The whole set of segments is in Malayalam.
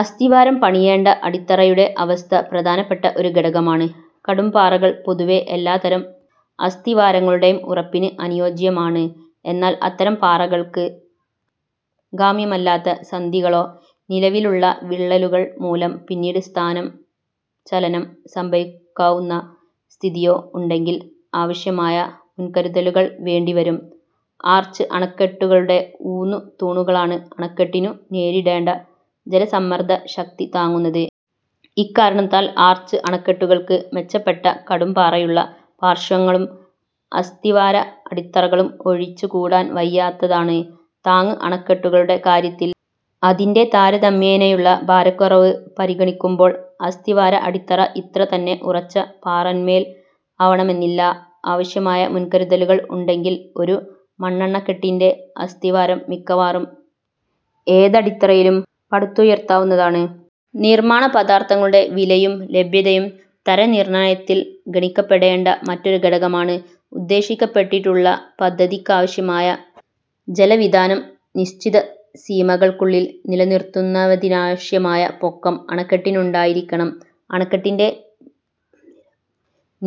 അസ്ഥിവാരം പണിയേണ്ട അടിത്തറയുടെ അവസ്ഥ പ്രധാനപ്പെട്ട ഒരു ഘടകമാണ്. കടുംപാറകൾ പൊതുവേ എല്ലാത്തരം അസ്ഥിവാരങ്ങളുടെയും ഉറപ്പിന് അനുയോജ്യമാണ്. എന്നാൽ അത്തരം പാറകൾക്ക് കാമ്യമല്ലാത്ത സന്ധികളൊ, നിലവിലുള്ള വിള്ളലുകൾ മൂലം പിന്നീട് സ്ഥാന ചലനം സംഭവിക്കാവുന്ന സ്ഥിതിയോ ഉണ്ടെങ്കിൽ ആവശ്യമായ മുൻകരുതലുകൾ വേണ്ടി വരും. ആർച്ച് അണക്കെട്ടുകളുടെ ഊന്നു തൂണുകളാണ് അണക്കെട്ടിനു നേരിടേണ്ട ജലസമ്മർദ്ദ ശക്തി താങ്ങുന്നത്. ഇക്കാരണത്താൽ ആർച്ച് അണക്കെട്ടുകൾക്ക് മെച്ചപ്പെട്ട കടുംപാറയുള്ള പാർശ്വങ്ങളും, അസ്ഥിവാര അടിത്തറകളും ഒഴിച്ചു കൂടാൻ വയ്യാത്തതാണ്. താങ്ങ് അണക്കെട്ടുകളുടെ കാര്യത്തിൽ, അതിന്റെ താരതമ്യേനയുള്ള ഭാരക്കുറവ് പരിഗണിക്കുമ്പോൾ അസ്ഥിവാര-അടിത്തറ ഇത്ര തന്നെ ഉറച്ച പാറമേൽ ആവണമെന്നില്ല. ആവശ്യമായ മുൻകരുതലുകൾ ഉണ്ടെങ്കിൽ ഒരു മണ്ണണക്കെട്ടിന്റെ അസ്ഥിവാരം മിക്കവാറും ഏതടിത്തറയിലും പടുത്തുയർത്താവുന്നതാണ്. നിർമ്മാണ പദാർഥങ്ങളുടെ വിലയും ലഭ്യതയും തര നിർണയത്തിൽ ഗണിക്കപ്പെടേണ്ട മറ്റൊരു ഘടകമാണ്. ഉദ്ദേശിക്കപ്പെട്ടിട്ടുള്ള പദ്ധതിക്കാവശ്യമായ ജല വിതാനം നിശ്ചിത സീമകൾക്കുള്ളിൽ നിലനിർത്തുന്നതിനാവശ്യമായ പൊക്കം അണക്കെട്ടിനുണ്ടായിരിക്കണം. അണക്കെട്ടിന്റെ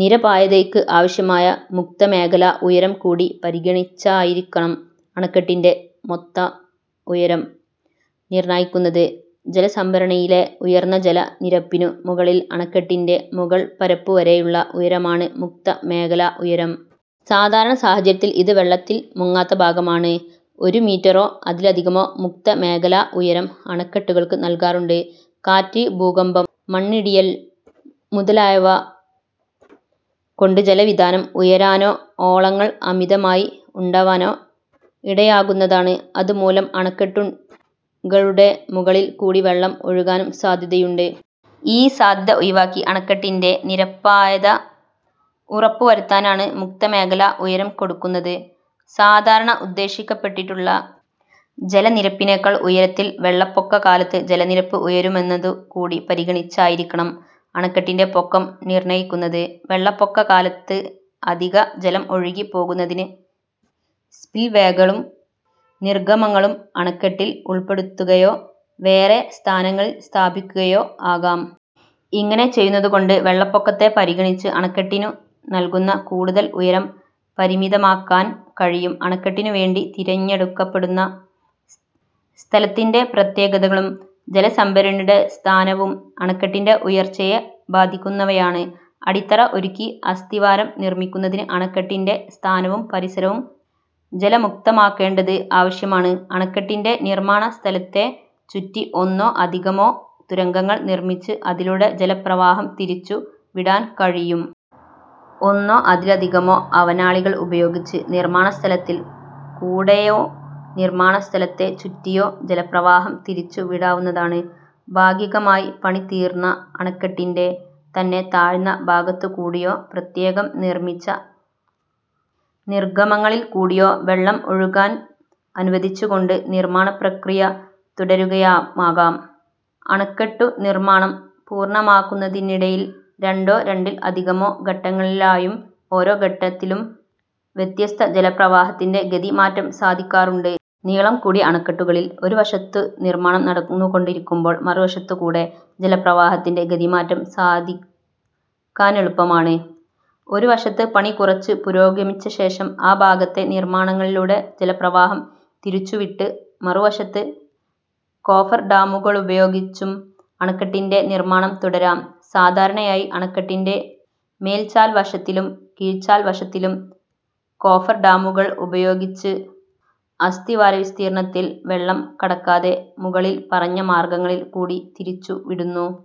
നിരപായതയ്ക്ക് ആവശ്യമായ മുക്തമേഖലാ-ഉയരം കൂടി പരിഗണിച്ചായിരിക്കണം അണക്കെട്ടിന്റെ മൊത്തം ഉയരം നിർണ്ണ്ണയിക്കുന്നത്. ജലസംഭരണിയിലെ ഉയർന്ന ജല നിരപ്പിനു മുകളിൽ അണക്കെട്ടിന്റെ മുകൾപരപ്പുവരെയുള്ള ഉയരമാണ് മുക്ത മേഖലാ ഉയരം. സാധാരണ സാഹചര്യത്തിൽ ഇത് വെള്ളത്തിൽ മുങ്ങാത്ത ഭാഗമാണ്. ഒരു മീറ്ററോ അതിലധികമോ മുക്ത മേഖലാ ഉയരം അണക്കെട്ടുകൾക്കു നൽകാറുണ്ട്. കാറ്റ്, ഭൂകമ്പം, മണ്ണിടിയൽ മുതലായവ കൊണ്ട് ജല വിതാനം ഉയരാനോ, ഓളങ്ങൾ അമിതമായി ഉണ്ടാവാനോ ഇടയാകുന്നതാണ്. അതുമൂലം അണക്കെട്ടുകളുടെ മുകളിൽ കൂടി വെള്ളം ഒഴുകാനും സാദ്ധ്യതയുണ്ട്. ഈ സാദ്ധ്യത ഒഴിവാക്കി അണക്കെട്ടിന്റെ നിരപായത ഉറപ്പു വരുത്താനാണ് മുക്തമേഖലാ-ഉയരം കൊടുക്കുന്നത്. സാധാരണ ഉദ്ദേശിക്കപ്പെട്ടിട്ടുള്ള ജലനിരപ്പിനേക്കാൾ ഉയരത്തിൽ വെള്ളപ്പൊക്ക കാലത്ത് ജലനിരപ്പ് ഉയരുമെന്നതു കൂടി പരിഗണിച്ചായിരിക്കണം അണക്കെട്ടിന്റെ പൊക്കം നിർണ്ണയിക്കുന്നത്. വെള്ളപ്പൊക്ക കാലത്തെ അധിക ജലം ഒഴുകി പോകുന്നതിന് സ്പിവേകളും നിർഗ്ഗമങ്ങളും അണക്കെട്ടിൽ ഉൾപ്പെടുത്തുകയൊ, വേറെ സ്ഥാനങ്ങളിൽ സ്ഥാപിക്കുകയൊ ആകാം. ഇങ്ങനെ ചെയ്യുന്നതു കൊണ്ട് വെള്ളപ്പൊക്കത്തെ പരിഗണിച്ച് അണക്കെട്ടിനു നൽകുന്ന കൂടുതൽ ഉയരം പരിമിതമാക്കാൻ കഴിയും. അണക്കെട്ടിനു വേണ്ടി തിരഞ്ഞെടുക്കപ്പെടുന്ന സ്ഥലത്തിന്റെ പ്രത്യേകതകളും ജലസംഭരണിയുടെ സ്ഥാനവും അണക്കെട്ടിന്റെ ഉയർച്ചയെ ബാധിക്കുന്നവയാണ്. അടിത്തറ ഒരുക്കി അസ്ഥിവാരം നിർമ്മിക്കുന്നതിന് അണക്കെട്ടിന്റെ സ്ഥാനവും പരിസരവും ജലമുക്തമാക്കേണ്ടത് ആവശ്യമാണ്. അണക്കെട്ടിന്റെ നിർമ്മാണ സ്ഥലത്തെ ചുറ്റി ഒന്നോ അധികമോ തുരങ്കങ്ങൾ നിർമ്മിച്ച് അതിലൂടെ ജല പ്രവാഹം തിരിച്ചു വിടാൻ കഴിയും. ഒന്നോ അതിലധികമോ അവനാളികൾ ഉപയോഗിച്ച് നിർമ്മാണ സ്ഥലത്തിൽ കൂടെയോ, നിർമ്മാണ സ്ഥലത്തെ ചുറ്റിയോ ജല പ്രവാഹം തിരിച്ചു വിടാവുന്നതാണ്. ഭാഗികമായി പണി തീർന്ന അണക്കെട്ടിന്റെ തന്നെ താഴ്ന്ന ഭാഗത്തു കൂടിയോ പ്രത്യേകം നിർമ്മിച്ച നിർഗമങ്ങളിൽകൂടിയോ വെള്ളം ഒഴുകാൻ അനുവദിച്ചു കൊണ്ട് നിർമ്മാണ പ്രക്രിയ തുടരുകയുമാകാം. അണക്കെട്ടു നിർമ്മാണം പൂർണമാകുന്നതിനിടയിൽ രണ്ടോ രണ്ടിൽ അധികമോ ഘട്ടങ്ങളിലായും ഓരോ ഘട്ടത്തിലും വ്യത്യസ്ത ജലപ്രവാഹത്തിന്റെ ഗതി മാറ്റം സാധിക്കാറുണ്ട്. നീളം കൂടിയ അണക്കെട്ടുകളിൽ ഒരുവശത്ത് നിർമ്മാണം നടന്നുകൊണ്ടിരിക്കുമ്പോൾ മറുവശത്തുകൂടെ ജലപ്രവാഹത്തിന്റെ ഗതിമാറ്റം സാധിക്കാനെളുപ്പമാണ്. ഒരുവശത്ത് പണി കുറച്ച് പുരോഗമിച്ചശേഷം ആ ഭാഗത്തെ നിർമാണങ്ങളിലൂടെ ജലപ്രവാഹം തിരിച്ചുവിട്ട് മറുവശത്ത് കോഫർഡാമുകളുപയോഗിച്ചും അണക്കെട്ടിന്റെ നിർമ്മാണം തുടരാം. സാധാരണയായി അണക്കെട്ടിന്റെ മേൽചാൽവശത്തിലും കീഴ്ചാൽവശത്തിലും കോഫർഡാമുകൾ ഉപയോഗിച്ച് അസ്തിവാരവിസ്തീർണത്തിൽ വെള്ളം കടക്കാതെ മുകളിൽ പറഞ്ഞ മാർഗങ്ങളിൽ കൂടി തിരിച്ചുവിടുന്നു.